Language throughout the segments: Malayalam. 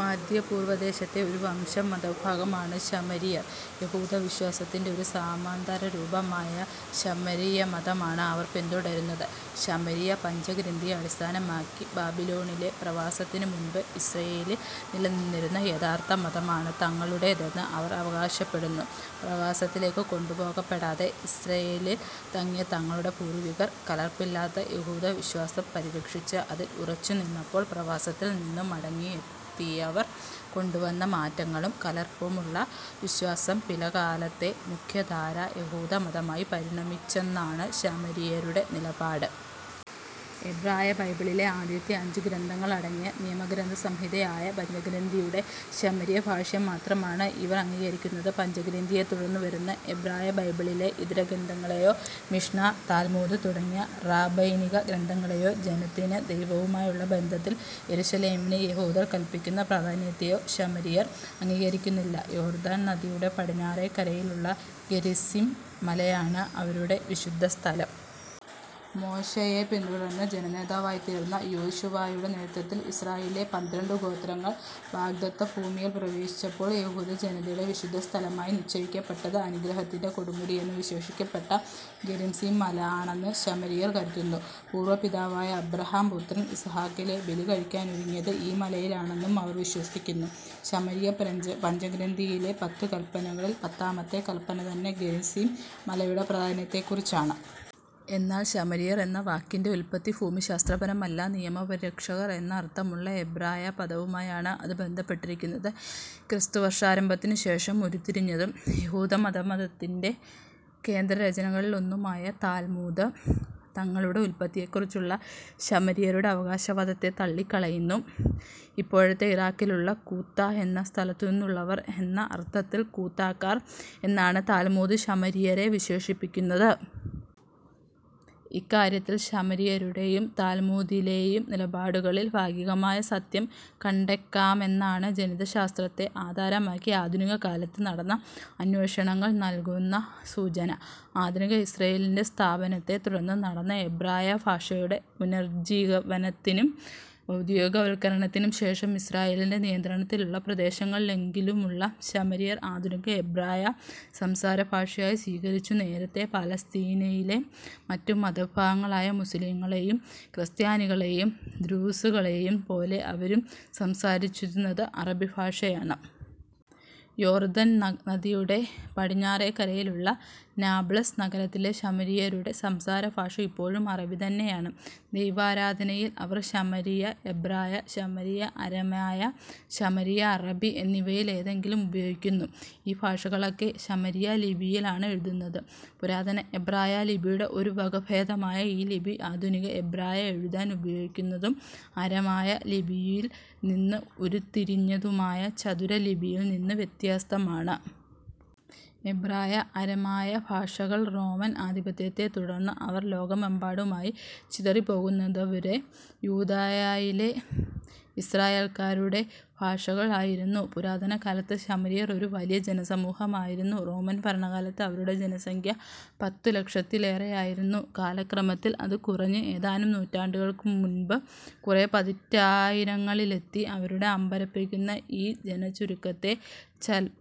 മദ്ധ്യപൂർവദേശത്തെ ഒരു വംശ-മതവിഭാഗമാണ് ശമരിയർ. യഹൂദവിശ്വാസത്തിന്റെ ഒരു സമാന്തരരൂപമായ ശമരിയമതമാണ് അവർ പിന്തുടരുന്നത്. ശമരിയ പഞ്ചഗ്രന്ഥിയെ അടിസ്ഥാനമാക്കി, ബാബിലോണിലെ പ്രവാസത്തിനുമുൻപ് ഇസ്രായേലിൽ നിലനിന്നിരുന്ന യഥാർത്ഥമതമാണ് തങ്ങളുടേതെന്ന് അവർ അവകാശപ്പെടുന്നു. പ്രവസത്തിലേക്ക് കൊണ്ടുപോകപ്പെടാതെ ഇസ്രായേലിൽ തങ്ങിയ തങ്ങളുടെ പൂർവികർ കലർപ്പില്ലാത്ത യഹൂദവിശ്വാസം പരിരക്ഷിച്ച് അതിൽ ഉറച്ചുനിന്നപ്പോൾ, പ്രവാസത്തിൽ നിന്ന് മടങ്ങിയെത്തിയവർ കൊണ്ടുവന്ന മാറ്റങ്ങളും കലർപ്പുമുള്ള വിശ്വാസം പിലക്കാലത്തെ മുഖ്യധാരാ യഹൂദമതമായി പരിണമിച്ചെന്നാണ് ശമരിയരുടെ നിലപാട്. എബ്രായബൈബിളിലെ ആദ്യത്തെ അഞ്ചുഗ്രന്ഥങ്ങളടങ്ങിയ നിയമഗ്രന്ഥസംഹിതയായ പഞ്ചഗ്രന്ഥിയുടെ ശമരിയഭാഷ്യം മാത്രമാണ് ഇവർ അംഗീകരിക്കുന്നത്. പഞ്ചഗ്രന്ഥിയെ തുടർന്നു വരുന്ന എബ്രായബൈബിളിലെ ഇതരഗ്രന്ഥങ്ങളെയോ, മിഷ്നാ, താൽമൂദ് തുടങ്ങിയ റാബൈനിക ഗ്രന്ഥങ്ങളേയോ, ജനത്തിന് ദൈവവുമായുള്ള ബന്ധത്തിൽ യെരുശലേമിന് യഹൂദർ കല്പിക്കുന്ന പ്രാധാന്യത്തെയോ ശമരിയർ അംഗീകരിക്കുന്നില്ല. യോർദ്ദാൻ നദിയുടെ പടിഞ്ഞേറെക്കരയിലുള്ള ഗെരിസിം മലയാണ് അവരുടെ വിശുദ്ധസ്ഥലം. മോശെയെ പിന്തുടർന്ന് ജനനേതാവായിത്തീർന്ന യോശുവായുടെ നേതൃത്വത്തിൽ ഇസ്രായേലിലെ പന്ത്രണ്ടു ഗോത്രങ്ങൾ വാഗ്ദത്തഭൂമിയിൽ പ്രവേശിച്ചപ്പോൾ, യഹൂദജനതയുടെ വിശുദ്ധസ്ഥലമായി നിശ്ചയിക്കപ്പെട്ടത് അനുഗ്രത്തിന്റെ കൊടുമുടിയെന്ന് വിശേഷിപ്പിക്കപ്പെട്ട ഗെരിസിം മല ആണെന്ന് ശമരിയർ കരുതുന്നു. പൂർവപിതാവായ അബ്രാഹം പുത്രൻ ഇസഹാക്കിലെ ബലികഴിക്കാനൊരുങ്ങിയത് ഈ മലയിലാണെന്നും അവർ വിശ്വസിക്കുന്നു. ശമരിയപഞ്ചഗ്രന്ഥിയിലെ പത്തുകല്പനകളിൽ പത്താമത്തെ കല്പന തന്നെ ഗെരിസിം മലയുടെ പ്രാധാന്യത്തെക്കുറിച്ചാണ്. എന്നാൽ 'ശമരിയർ' എന്ന വാക്കിന്റെ ഉല്പത്തി ഭൂമിശാസ്ത്രപരമല്ല. "നിയമപരിരക്ഷകർ" എന്ന അർത്ഥമുള്ള എബ്രായ പദവുമായാണ് അത് ബന്ധപ്പെട്ടിരിക്കുന്നത്. ക്രിസ്തുവർഷാരംഭത്തിനുശേഷം ഉരുത്തിരിഞ്ഞതും, യഹൂദമതമതമതത്തിന്റെ കേന്ദ്രരചനകളിലൊന്നുമായ താൽമൂദ്, തങ്ങളുടെ ഉല്പത്തിയെക്കുറിച്ചുള്ള ശമരിയരുടെ അവകാശവാദത്തെ തള്ളിക്കളയുന്നു. ഇപ്പോഴത്തെ ഇറാഖിലുള്ള കൂത്താ എന്ന സ്ഥലത്തുനിന്നുള്ളവർ എന്ന അർത്ഥത്തിൽ കൂത്താക്കാർ എന്നാണ് താൽമൂദ് ശമരിയരെ വിശേഷിപ്പിക്കുന്നത്. ഇക്കാര്യത്തിൽ ശമരിയരുടേയും താൽമൂദിലേയും നിലപാടുകളിൽ ഭാഗികമായ സത്യം കണ്ടെക്കാമെന്നാണ് ജനിതകശാസ്ത്രത്തെ ആധാരമാക്കി ആധുനികകാലത്ത് നടന്ന അന്വേഷണങ്ങൾ നൽകുന്ന സൂചന. ആധുനിക ഇസ്രായേലിന്റെ സ്ഥാപനത്തെ തുടർന്ന് നടന്ന എബ്രായഭാഷയുടെ പുനർജ്ജീവനത്തിനും ഔദ്യോഗികവൽക്കരണത്തിനും ശേഷം, ഇസ്രായേലിന്റെ നിയന്ത്രണത്തിലുള്ള പ്രദേശങ്ങളിലെങ്കിലുമുള്ള ശമരിയർ ആധുനിക എബ്രായ സംസാരഭാഷയായി സ്വീകരിച്ചു. നേരത്തേ, പലസ്തീനയിലെ മറ്റു മതവിഭാഗങ്ങളായ മുസ്ലിങ്ങളേയും, ക്രിസ്ത്യാനികളേയും ദ്രൂസുകളേയും പോലെ, അവരും സംസാരിച്ചിരുന്നത് അറബി ഭാഷയാണ്. യോർദ്ദൻ നദിയുടെ പടിഞ്ഞാറേക്കരയിലുള്ള നാബ്ലസ് നഗരത്തിലെ ശമരിയരുടെ സംസാരഭാഷ ഇപ്പോഴും അറബി തന്നെയാണ്. ദൈവാരാധനയിൽ അവർ ശമരിയ-എബ്രായ, ശമരിയ-അരമായ, ശമരിയ-അറബി എന്നിവയിൽ ഏതെങ്കിലും ഉപയോഗിക്കുന്നു. ഈ ഭാഷകളൊക്കെ ശമരിയ ലിപിയിൽ ആണ് എഴുതുന്നത്. പുരാതന എബ്രായ ലിപിയുടെ ഒരു വകഭേദമായ ഈ ലിപി, ആധുനിക എബ്രായ എഴുതാൻ ഉപയോഗിക്കുന്നതും അരമായ ലിപിയിൽ നിന്ന് ഉരുത്തിരിഞ്ഞതുമായ ചതുരലിപിയിൽ നിന്ന് വ്യത്യസ്തമാണ്. എബ്രായ, അരമായ ഭാഷകൾ, റോമൻ ആധിപത്യത്തെ തുടർന്ന് അവർ ലോകമെമ്പാടുമായി ചിതറിപ്പോകുന്നതുവരെ, യൂദയായിലെ ഇസ്രായേൽക്കാരുടെ ഭാഷകൾ ആയിരുന്നു. പുരാതനകാലത്ത് ശമരിയർ ഒരു വലിയ ജനസമൂഹമായിരുന്നു. റോമൻ ഭരണകാലത്ത് അവരുടെ ജനസംഖ്യ പത്തുലക്ഷത്തിലേറെയായിരുന്നു. കാലക്രമത്തിൽ അത് കുറഞ്ഞ് ഏതാനും നൂറ്റാണ്ടുകൾക്കുമുൻപ് കുറേ പതിറ്റായിരങ്ങളിലെത്തി. അവരുടെ അമ്പരപ്പിക്കുന്ന ഈ ജനച്ചുരുക്കത്തെ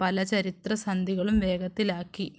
പലചരിത്രസന്ധികളും വേഗത്തിലാക്കി.